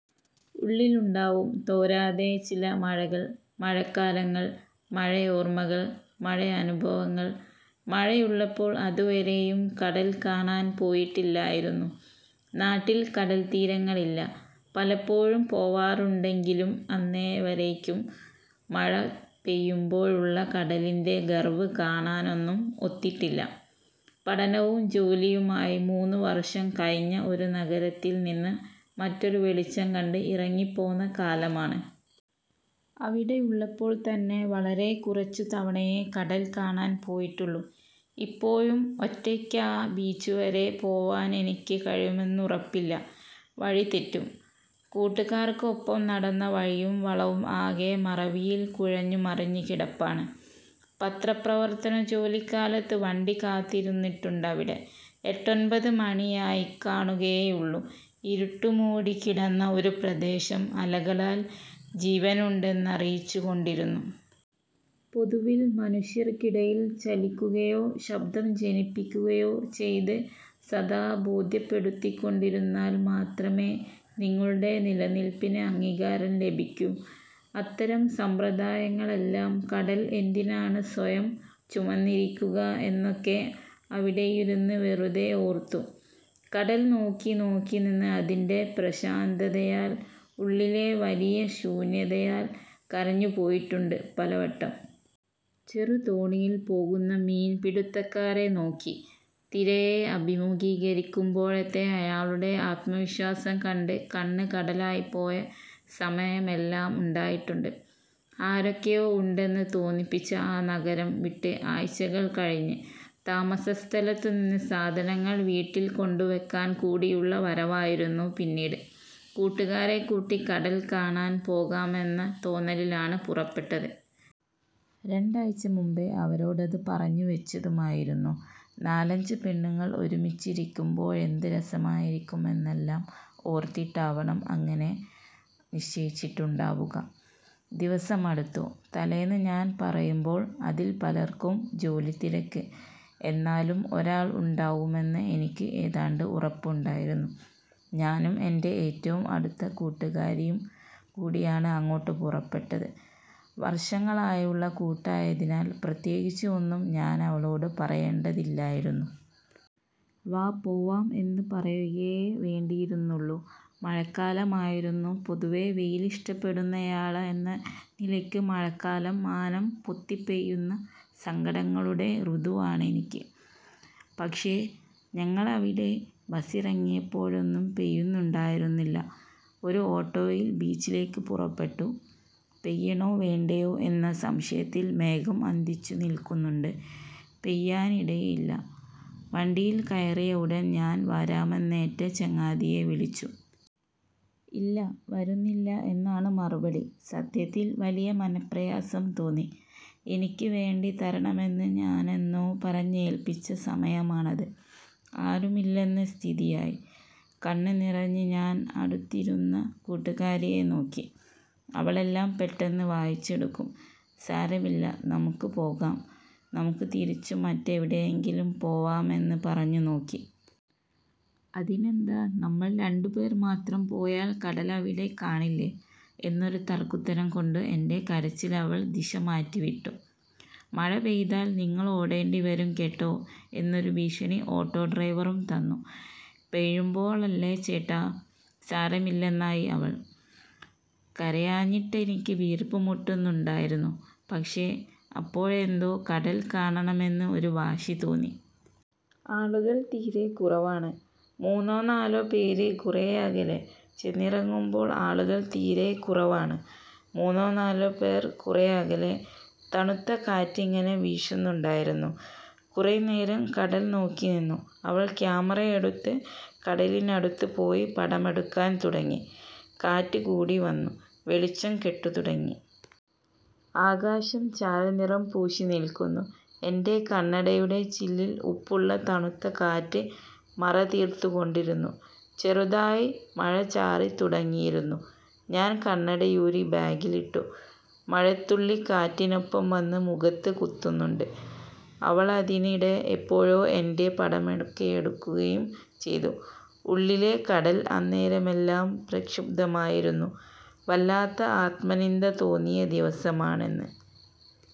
ഉള്ളിലുണ്ടാവും, തോരാതെ ചില മഴകൾ. മഴക്കാലങ്ങള്‍. മഴയോർമ്മകൾ. മഴയനുഭവങ്ങൾ. മഴയുള്ളപ്പോൾ അതുവരെയും കടല്‍ കാണാന്‍ പോയിട്ടില്ലായിരുന്നു. നാട്ടില്‍ കടല്‍ത്തീരങ്ങളില്ല പലപ്പോഴും പോവാറുണ്ടെങ്കിലും അന്നേവരേയ്ക്കും മഴ പെയ്യുമ്പോഴുള്ള കടലിന്‍റെ ഗര്‍വ്വ് കാണാനൊന്നും ഒത്തിട്ടില്ല. പഠനവും ജോലിയുമായി മൂന്ന് വര്‍ഷം കഴിഞ്ഞ ഒരു നഗരത്തില്‍ നിന്ന് മറ്റൊരു വെളിച്ചം കണ്ട് ഇറങ്ങിപ്പോന്ന കാലമാണ്. അവിടെയുള്ളപ്പോൾ തന്നെ വളരെ കുറച്ചു തവണയേ കടല്‍ കാണാന്‍ പോയിട്ടുള്ളൂ. ഇപ്പോഴും ഒറ്റയ്ക്കാ ബീച്ചുവരെ പോവാനെനിക്ക് കഴിയുമെന്നുറപ്പില്ല, വഴിതെറ്റും. കൂട്ടുകാര്‍ക്ക്ഒപ്പം നടന്ന വഴിയും വളവും ആകെ മറവിയില്‍ കുഴഞ്ഞുമറിഞ്ഞ് കിടപ്പാണ്. പത്രപ്രവർത്തനജോലിക്കാലത്ത് വണ്ടി കാത്തിരുന്നിട്ടുണ്ടവിടെ. എട്ടൊൻപത് മണിയായിക്കാണുകയേയുള്ളൂ, ഇരുട്ടു മൂടി കിടന്ന ഒരു പ്രദേശം അലകളാല്‍ ജീവനുണ്ടെന്നറിയിച്ചുകൊണ്ടിരുന്നു. പൊതുവിൽ മനുഷ്യര്‍ക്കിടയില്‍ ചലിക്കുകയോ ശബ്ദം ജനിപ്പിക്കുകയോ ചെയ്ത് സദാ ബോധ്യപ്പെടുത്തിക്കൊണ്ടിരുന്നാൽ മാത്രമേ നിങ്ങളുടെ നിലനില്‍പ്പിന് അംഗീകാരം ലഭിക്കൂ. അത്തരം സമ്പ്രദായങ്ങളെല്ലാം കടല്‍ എന്തിനാണ് സ്വയം ചുമന്നിരിക്കുക എന്നൊക്കെ അവിടെയിരുന്ന് വെറുതെ ഓര്‍ത്തു. കടൽ നോക്കി നോക്കി നിന്ന് അതിന്‍റെ പ്രശാന്തതയാൽ, ഉള്ളിലെ വലിയ ശൂന്യതയാല്‍ കരഞ്ഞുപോയിട്ടുണ്ട് പലവട്ടം. ചെറു തോണിയില്‍ പോകുന്ന മീൻ പിടുത്തക്കാരനെ നോക്കി, തിരയെ അഭിമുഖീകരിക്കുമ്പോഴത്തെ അയാളുടെ ആത്മവിശ്വാസം കണ്ട് കണ്ണ് കടലായി പോയ സമയമെല്ലാം ഉണ്ടായിട്ടുണ്ട്. ആരൊക്കെയോ ഉണ്ടെന്ന് തോന്നിപ്പിച്ച ആ നഗരം വിട്ട് ആഴ്ചകള്‍ കഴിഞ്ഞ്, താമസസ്ഥലത്തുനിന്ന് സാധനങ്ങള്‍ വീട്ടില്‍ കൊണ്ടുവെക്കാന്‍ കൂടിയുള്ള വരവായിരുന്നു പിന്നീട്. കൂട്ടുകാരെ കൂട്ടി കടല്‍ കാണാന്‍ പോകാമെന്ന തോന്നലിലാണ് പുറപ്പെട്ടത്. രണ്ടാഴ്ച മുമ്പേ അവരോടത് പറഞ്ഞുവെച്ചതുമായിരുന്നു. നാലഞ്ച് പെണ്ണുങ്ങള്‍ ഒരുമിച്ചിരിക്കുമ്പോഴെന്ത് രസമായിരിക്കുമെന്നെല്ലാം ഓര്‍ത്തിട്ടാവണം അങ്ങനെ നിശ്ചയിച്ചിട്ടുണ്ടാവുക. ദിവസമടുത്തു. തലേന്ന് ഞാന്‍ പറയുമ്പോള്‍ അതില്‍ പലര്‍ക്കും ജോലിത്തിരക്ക്. എന്നാലും ഒരാള്‍ ഉണ്ടാവുമെന്ന് എനിക്ക് ഏതാണ്ട് ഉറപ്പുണ്ടായിരുന്നു. ഞാനും എന്‍റെ ഏറ്റവും അടുത്ത കൂട്ടുകാരിയും കൂടിയാണ് അങ്ങോട്ട് പുറപ്പെട്ടത്. വര്‍ഷങ്ങളായുള്ള കൂട്ടായതിനാൽ പ്രത്യേകിച്ച് ഒന്നും ഞാനവളോട് പറയേണ്ടതില്ലായിരുന്നു. വാ പോവാം എന്ന് പറയുകയേ വേണ്ടിയിരുന്നുള്ളൂ. മഴക്കാലമായിരുന്നു. പൊതുവെ വെയിലിഷ്ടപ്പെടുന്നയാളെന്ന നിലയ്ക്ക് മഴക്കാലം മാനം പൊത്തിപ്പെയ്യുന്ന സങ്കടങ്ങളുടെ ഋതുവാണെനിക്ക്. പക്ഷെ ഞങ്ങളവിടെ ബസിറങ്ങിയപ്പോഴൊന്നും പെയ്യുന്നുണ്ടായിരുന്നില്ല. ഒരു ഓട്ടോയില്‍ ബീച്ചിലേക്ക് പുറപ്പെട്ടു. പെയ്യണോ വേണ്ടയോ എന്ന സംശയത്തില്‍ മേഘം അന്തിച്ചു നില്‍ക്കുന്നുണ്ട്. പെയ്യാനിടയില്ല. വണ്ടിയില്‍ കയറിയ ഉടന്‍ ഞാന്‍ വരാമെന്നേറ്റ ചങ്ങാതിയെ വിളിച്ചു. ഇല്ല വരുന്നില്ല എന്നാണ് മറുപടി. സത്യത്തില്‍ വലിയ മനപ്രയാസം തോന്നി. എനിക്ക് വേണ്ടി തരണമെന്ന് ഞാനെന്നോ പറഞ്ഞേൽപ്പിച്ച സമയമാണത്. ആരുമില്ലെന്ന സ്ഥിതിയായി. കണ്ണ് നിറഞ്ഞ് ഞാന്‍ അടുത്തിരുന്ന കൂട്ടുകാരിയെ നോക്കി. അവളെല്ലാം പെട്ടെന്ന് വായിച്ചെടുക്കും. സാരമില്ല. നമുക്ക് പോകാം. നമുക്ക് തിരിച്ചു മറ്റെവിടെയെങ്കിലും പോവാമെന്ന് പറഞ്ഞുനോക്കി. അതിനെന്താ നമ്മള്‍ രണ്ടുപേര്‍ മാത്രം പോയാല്‍ കടലവിടെ കാണില്ലേ എന്നൊരു തര്‍ക്കുത്തരം കൊണ്ടു എന്‍റെ കരച്ചിലവൾ ദിശമാറ്റിവിട്ടു. മഴ പെയ്താല്‍ നിങ്ങളോടേണ്ടിവരും കേട്ടോ എന്നൊരു ഭീഷണി ഓട്ടോ ഡ്രൈവറും തന്നു. പെയ്യുമ്പോഴല്ലേ ചേട്ടാ സാരമില്ലെന്നായി അവള്‍. കരയാഞ്ഞിട്ടെനിക്ക് വീർപ്പുമുട്ടുന്നുണ്ടായിരുന്നു. പക്ഷെ അപ്പോഴെന്തോ കടല്‍ കാണണമെന്ന് ഒരു വാശി തോന്നി. ആളുകള്‍ തീരെ കുറവാണ്. മൂന്നോ നാലോ പേര് കുറേയകലെ. ചെന്നിറങ്ങുമ്പോൾ ആളുകള്‍ തീരെ കുറവാണ്. മൂന്നോ നാലോ പേർ കുറേയകലെ. തണുത്ത കാറ്റിങ്ങനെ വീശുന്നുണ്ടായിരുന്നു. കുറേ നേരം കടല്‍ നോക്കി നിന്നു. അവള്‍ ക്യാമറയെടുത്ത് കടലിനടുത്ത് പോയി പടമെടുക്കാന്‍ തുടങ്ങി. കാറ്റ് കൂടി വന്നു. വെളിച്ചം കെട്ടുതുടങ്ങി. ആകാശം ചാരനിറം പൂശി നില്‍ക്കുന്നു. എന്‍റെ കണ്ണടയുടെ ചില്ലില്‍ ഉപ്പുള്ള തണുത്ത കാറ്റ് മറ തീര്‍ത്തുകൊണ്ടിരുന്നു. ചെറുതായി മഴ ചാറിതുടങ്ങിയിരുന്നു. ഞാന്‍ കണ്ണടയൂരി ബാഗിലിട്ടു. മഴത്തുള്ളി കാറ്റിനൊപ്പം വന്ന് മുഖത്ത് കുത്തുന്നുണ്ട്. അവളതിനിടെ എപ്പോഴോ എന്‍റെയും പടമൊക്കെയെടുക്കുകയും ചെയ്തു. ഉള്ളിലെ കടല്‍ അന്നേരമെല്ലാം പ്രക്ഷുബ്ധമായിരുന്നു. വല്ലാത്ത ആത്മനിന്ദ തോന്നിയ ദിവസമാണന്ന്.